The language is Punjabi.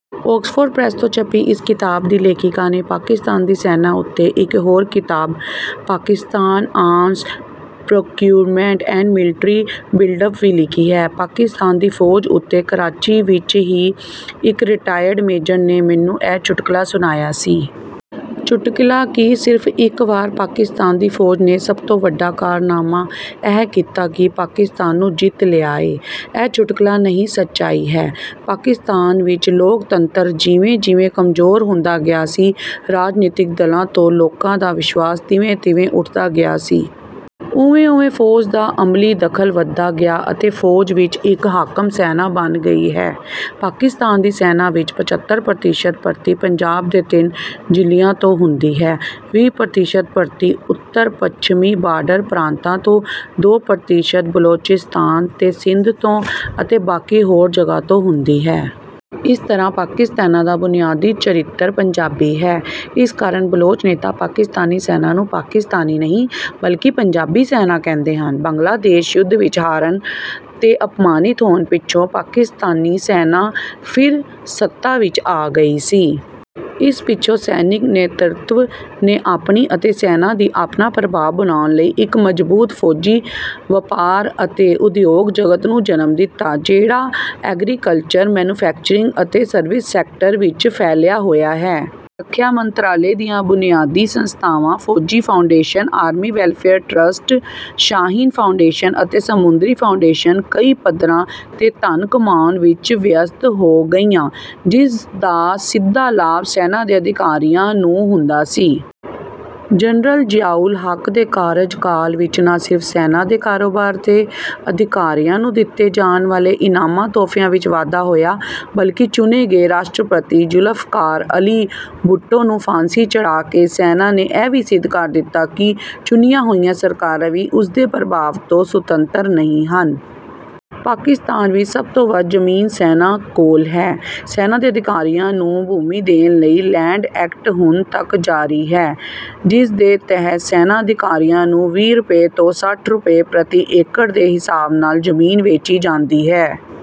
ਆਕਸਫੋਰਡ ਪ੍ਰੈੱਸ ਤੋਂ ਛਪੀ ਇਸ ਕਿਤਾਬ ਦੀ ਲੇਖਕਾ ਨੇ ਪਾਕਿਸਤਾਨ ਦੀ ਸੈਨਾ ਉੱਤੇ ਇਕ ਹੋਰ ਕਿਤਾਬ ‘Pakistan arms procurement and military buildup' ਵੀ ਲਿਖੀ ਹੈ। ਪਾਕਿਸਤਾਨ ਦੀ ਫੌਜ ਉੱਤੇ ਕਰਾਚੀ ਵਿਚ ਹੀ ਇਕ ਰਿਟਾਇਰਡ ਮੇਜਰ ਨੇ ਮੈਨੂੰ ਇਕ ਚੁਟਕਲਾ ਸੁਣਾਇਆ ਸੀ। ਚੁਟਕਲਾ ਕੀ, ਸਿਰਫ਼ ਇਕ ਵਾਕ—‘ਪਾਕਿਸਤਾਨ ਦੀ ਫੌਜ ਨੇ ਸਭ ਤੋਂ ਵੱਡਾ ਕਾਰਨਾਮਾ ਇਹ ਕੀਤਾ ਹੈ ਕਿ ਪਾਕਿਸਤਾਨ ਨੂੰ ਜਿੱਤ ਲਿਆ ਏ।’ ਇਹ ਚੁਟਕਲਾ ਨਹੀਂ, ਸੱਚਾਈ ਹੈ। ਪਾਕਿਸਤਾਨ ਵਿਚ ਲੋਕਤੰਤਰ ਜਿਵੇਂ-ਜਿਵੇਂ ਕਮਜ਼ੋਰ ਹੁੰਦਾ ਗਿਆ ਸੀ, ਰਾਜਨੀਤਕ ਦਲਾਂ ਤੋਂ ਲੋਕਾਂ ਦਾ ਵਿਸ਼ਵਾਸ ਤਿਵੇਂ-ਤਿਵੇਂ ਉੱਠਦਾ ਗਿਆ ਸੀ। ਓਵੇਂ-ਓਵੇਂ ਫੌਜ ਦਾ ਅਮਲੀ ਦਖ਼ਲ ਵਧਦਾ ਗਿਆ ਅਤੇ ਫੌਜ ਇਕ ਹਾਕਮ-ਸੈਨਾ ਬਣ ਗਈ ਹੈ। ਪਾਕਿਸਤਾਨ ਦੀ ਸੈਨਾ ਵਿਚ ਪਚੱਤਰ ਪ੍ਰਤੀਸ਼ਤ ਭਰਤੀ ਪੰਜਾਬ ਦੇ ਤਿੰਨ ਜ਼ਿਲ੍ਹਿਆਂ ਤੋਂ ਹੁੰਦੀ ਹੈ। ਵੀਹ ਪ੍ਰਤੀਸ਼ਤ ਭਰਤੀ ਉੱਤਰ-ਪੱਛਮੀ ਬਾਰਡਰ ਪ੍ਰਾਂਤਾਂ ਤੋਂ, ਦੋ ਪ੍ਰਤੀਸ਼ਤ ਬਲੋਚਿਸਤਾਨ ਤੇ ਸਿੰਧ ਤੋਂ ਅਤੇ ਬਾਕੀ ਹੋਰ ਜਗ੍ਹਾਂ ਤੋਂ ਹੁੰਦੀ ਹੈ। ਇਸ ਤਰ੍ਹਾਂ ਪਾਕਿਸਤਾਨੀ ਸੈਨਾ ਦਾ ਬੁਨਿਆਦੀ ਚਰਿੱਤਰ ਪੰਜਾਬੀ ਹੈ। ਇਸ ਕਾਰਨ ਬਲੋਚ ਨੇਤਾ ਪਾਕਿਸਤਾਨੀ ਸੈਨਾ ਨੂੰ ਪਾਕਿਸਤਾਨੀ ਨਹੀਂ, ਬਲਕਿ ਪੰਜਾਬੀ ਸੈਨਾ ਕਹਿੰਦੇ ਹਨ। ਬੰਗਲਾਦੇਸ਼ ਯੁੱਧ ਵਿਚ ਹਾਰਨ ਤੇ ਅਪਮਾਨਿਤ ਹੋਣ ਪਿੱਛੋਂ ਪਾਕਿਸਤਾਨੀ ਸੈਨਾ ਫਿਰ ਸੱਤਾ ਵਿਚ ਆ ਗਈ ਸੀ। ਇਸ ਪਿੱਛੋਂ ਸੈਨਿਕ ਨੇਤ੍ਰਤਵ ਨੇ ਆਪਣੀ ਅਤੇ ਸੈਨਾ ਦੀ ਆਪਣਾ ਪ੍ਰਭਾਵ ਬਣਾਉਣ ਲਈ ਇਕ ਮਜ਼ਬੂਤ ਫੌਜੀ ਵਪਾਰ ਅਤੇ ਉਦਯੋਗ ਜਗਤ ਨੂੰ ਜਨਮ ਦਿੱਤਾ, ਜਿਹੜਾ ਐਗਰੀਕਲਚਰ, ਮੈਨੂਫੈਕਚਰਿੰਗ ਅਤੇ ਸਰਵਿਸ ਸੈਕਟਰ ਵਿਚ ਫੈਲਿਆ ਹੋਇਆ ਹੈ। ਰੱਖਿਆ ਮੰਤਰਾਲੇ ਦੀਆਂ ਬੁਨਿਆਦੀ ਸੰਸਥਾਵਾਂ Fauji Foundation, Army Welfare Trust, Shaheen Foundation ਅਤੇ ਸਮੁੰਦਰੀ ਫਾਊਂਡੇਸ਼ਨ ਕਈ ਪੱਧਰਾਂ ’ਤੇ ਧਨ ਕਮਾਉਣ ਵਿਚ ਵਿਅਸਤ ਹੋ ਗਈਆਂ, ਜਿਸ ਦਾ ਸਿੱਧਾ ਲਾਭ ਸੈਨਾ ਦੇ ਅਧਿਕਾਰੀਆਂ ਨੂੰ ਹੁੰਦਾ ਸੀ। ਜਨਰਲ ਜ਼ਿਆਉਲ ਹੱਕ ਦੇ ਕਾਰਜਕਾਲ ਵਿਚ ਨਾ ਸਿਰਫ਼ ਸੈਨਾ ਦੇ ਕਾਰੋਬਾਰ ਤੇ ਅਧਿਕਾਰੀਆਂ ਨੂੰ ਦਿੱਤੇ ਜਾਣ ਵਾਲੇ ਇਨਾਮਾਂ-ਤੋਹਫ਼ਿਆਂ ਵਿਚ ਵਾਧਾ ਹੋਇਆ, ਬਲਕਿ ਚੁਣੇ ਗਏ ਰਾਸ਼ਟਰਪਤੀ ਜ਼ੁਲਫ਼ਕਾਰ ਅਲੀ ਭੁੱਟੋ ਨੂੰ ਫਾਂਸੀ ਚੜ੍ਹਾ ਕੇ ਸੈਨਾ ਨੇ ਇਹ ਵੀ ਸਿੱਧ ਕਰ ਦਿੱਤਾ ਕਿ ਚੁਣੀਆਂ ਹੋਈਆਂ ਸਰਕਾਰਾਂ ਵੀ ਉਸਦੇ ਪ੍ਰਭਾਵ ਤੋਂ ਸੁਤੰਤਰ ਨਹੀਂ ਹਨ। ਪਾਕਿਸਤਾਨ ਵਿਚ ਸਭ ਤੋਂ ਵੱਧ ਜ਼ਮੀਨ ਸੈਨਾ ਕੋਲ ਹੈ। ਸੈਨਾ ਦੇ ਅਧਿਕਾਰੀਆਂ ਨੂੰ ਭੂਮੀ ਦੇਣ ਲਈ ਲੈਂਡ ਐਕਟ ਹੁਣ ਤੱਕ ਜਾਰੀ ਹੈ, ਜਿਸ ਦੇ ਤਹਿਤ ਸੈਨਾ ਅਧਿਕਾਰੀਆਂ ਨੂੰ ਵੀਹ ਰੁਪਏ ਤੋਂ ਸੱਠ ਰੁਪਏ ਪ੍ਰਤੀ ਏਕੜ ਦੇ ਹਿਸਾਬ ਨਾਲ ਜ਼ਮੀਨ ਵੇਚੀ ਜਾਂਦੀ ਹੈ।